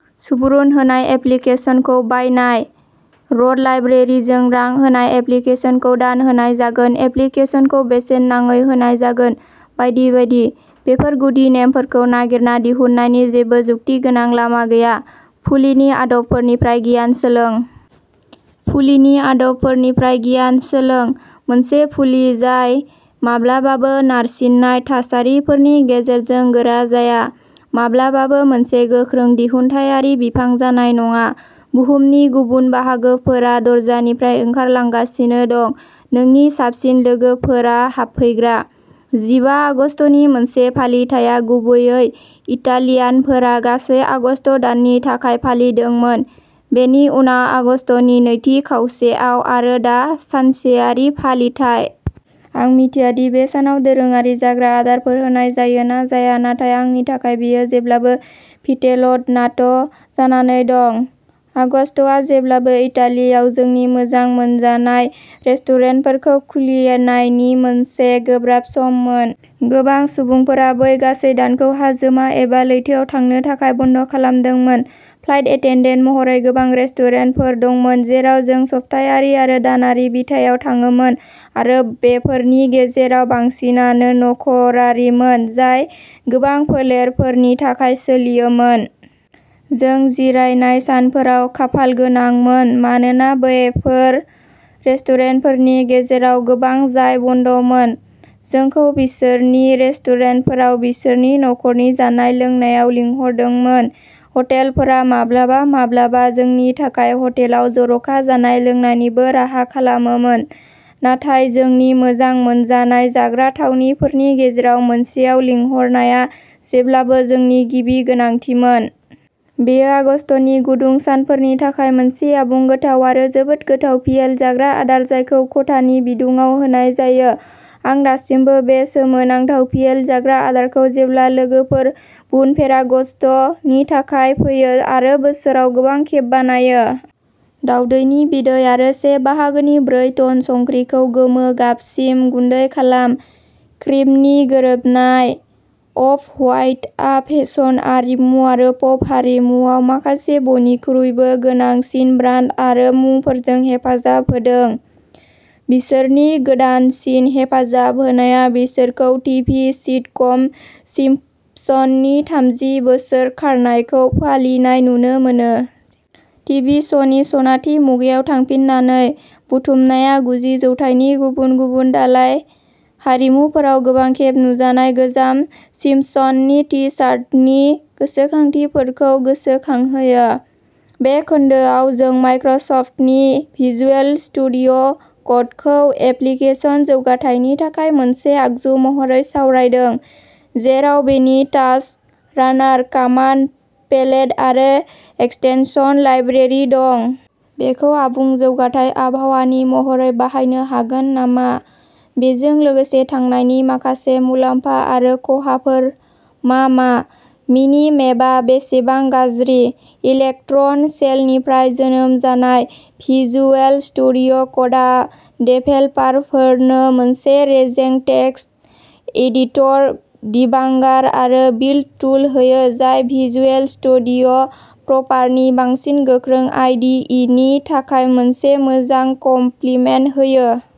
सुबुरुन होनाय एप्लिकेसनखौ बायनाय। र'ड लाइब्रेरिजों रां होनाय एप्लिकेसनखौ दान होनाय जागोन, एप्लिकेसनखौ बेसेन नाङै होनाय जागोन, बायदि बायदि। बेफोर गुदि नेमफोरखौ नागिरना दिहुननायनि जेबो जुक्ति गोनां लामा गैया। फुलिनि आदबफोरनिफ्राय गियान सोलों। फुलिनि आदबफोरनिफ्राय गियान सोलों। मोनसे फुलि जाय माब्लाबाबो नारसिननाय थासारिफोरनि गेजेरजों गोरा जाया, माब्लाबाबो मोनसे गोख्रों दिहुनथायारि बिफां जानाय नङा। बुहुमनि गुबुन बाहागोफोरा दरजानिफ्राय ओंखारलांगासिनो दं, नोंनि साबसिन लोगोफोरा हाबफैग्रा। जिबा आगस्तनि मोनसे फालिथाइया गुबैयै इटालियानफोरा गासै आगस्त दाननि थाखाय फालिदोंमोन, बेनि उनाव आगस्तनि नैथि खावसेयाव आरो दा सानसेयारि फालिथाइ। आं मिथिया दि बे सानाव दोरोङारि जाग्रा आदारफोर होनाय जायो ना जाया, नाथाय आंनि थाखाय बेयो जेब्लाबो " भिटेल'टनाट’ " जानानै दं। आगस्तआ जेब्लाबो इटालियाव जोंनि मोजां मोनजानाय रेस्टुरेन्टफोरखौ खुलिनायनि मोनसे गोब्राब सममोन। गोबां सुबुंफोरा बै गासै दानखौ हाजोमा एबा लैथोआव थांनो थाखाय बन्द' खालामदोंमोन। फ्लाइट एटेनडेन्ट महरै गोबां रेस्टुरेन्टफोर दंमोन जेराव जों सप्तायारि आरो दानारि बिथायाव थाङोमोन आरो बेफोरनि गेजेराव बांसिनानो नखरारिमोन जाय गोबां फोलेरफोरनि थाखाय सोलियोमोन। जों जिरायनाय सानफोराव खाफालगोनांमोन मानोना बेफोर रेस्टुरेन्टफोरनि गेजेराव गोबां जाय बन्द'मोन, जोंखौ बिसोरनि रेस्टुरेन्टफोराव बिसोरनि नखरनि जानाय-लोंनायाव लिंहरदोंमोन। हटेलफोरा माब्लाबा-माब्लाबा जोंनि थाखाय हटेलाव जर'खा जानाय-लोंनायनिबो राहा खालामोमोन, नाथाय जोंनि मोजां मोनजानाय जाग्रा थावनिफोरनि गेजेराव मोनसेआव लिंहरनाया जेब्लाबो जोंनि गिबि गोनांथिमोन। बेयो आगस्तनि गुदुं सानफोरनि थाखाय मोनसे आबुं, गोथाव आरो जोबोद गोथाव भियेल जाग्रा आदार, जायखौ खथानि बिदुङाव होनाय जायो। आं दासिमबो बे सोमोनांथाव भियेल जाग्रा आदारखौ जेब्ला लोगोफोर "बुन फेराग'स्ट'" नि थाखाय फैयो आरो बोसोराव गोबां खेब बानायो। दाउदैनि बिदै आरो से बाहागोनि ब्रै टन संख्रिखौ गोमो गाबसिम गुन्दै खालाम। क्रिमनि गोरोबनाय अफ-हवाइटआ फेसन, आरिमु आरो पप हारिमुआव माखासे बयनिख्रुइबो गोनांसिन ब्रान्ड आरो मुंफोरजों हेफाजाब होदों। बिसोरनि गोदानसिन हेफाजाब होनाया बिसोरखौ टिभि सिटकम सिम्पसननि थामजि बोसोर खारनायखौ फालिनाय नुनो मोनो। टिभि श'नि सनाथि मुगायाव थांफिननानै, बुथुमनाया गुजि जौथाइनि गुबुन गुबुन दालाय-हारिमुफोराव गोबां खेब नुजानाय गोजाम सिम्पसननि टि-शार्टनि गोसोखांथिफोरखौ गोसोखांहोयो। बे खोन्दोआव, जों माइक्रसफ्टनि भिजुएल स्टुडिय' क'डखौ एप्लिकेसन जौगाथायनि थाखाय मोनसे आगजु महरै सावरायदों, जेराव बेनि टास्क रानार, कामान्ड पेलेट आरो एक्सटेनसन लाइब्रेरि दं। बेखौ आबुं जौगाथाय आबहावानि महरै बाहायनो हागोन नामा? बेजों लोगोसे थांनायनि माखासे मुलाम्फा आरो खहाफोर मा मा? मिनि-मेपआ बेसेबां गाज्रि? इलेक्ट्रन सेलनिफ्राय जोनोम जानाय, भिजुएल स्टुडिय' क'डआ डेभेलपारफोरनो मोनसे रेजें टेक्सट एडिटर, डिबांगार आरो बिल्ड टुल होयो जाय भिजुएल स्टुडिय' प्रपारनि बांसिन गोख्रों आइ डि इ नि थाखाय मोनसे मोजां कमप्लिमेन्ट होयो।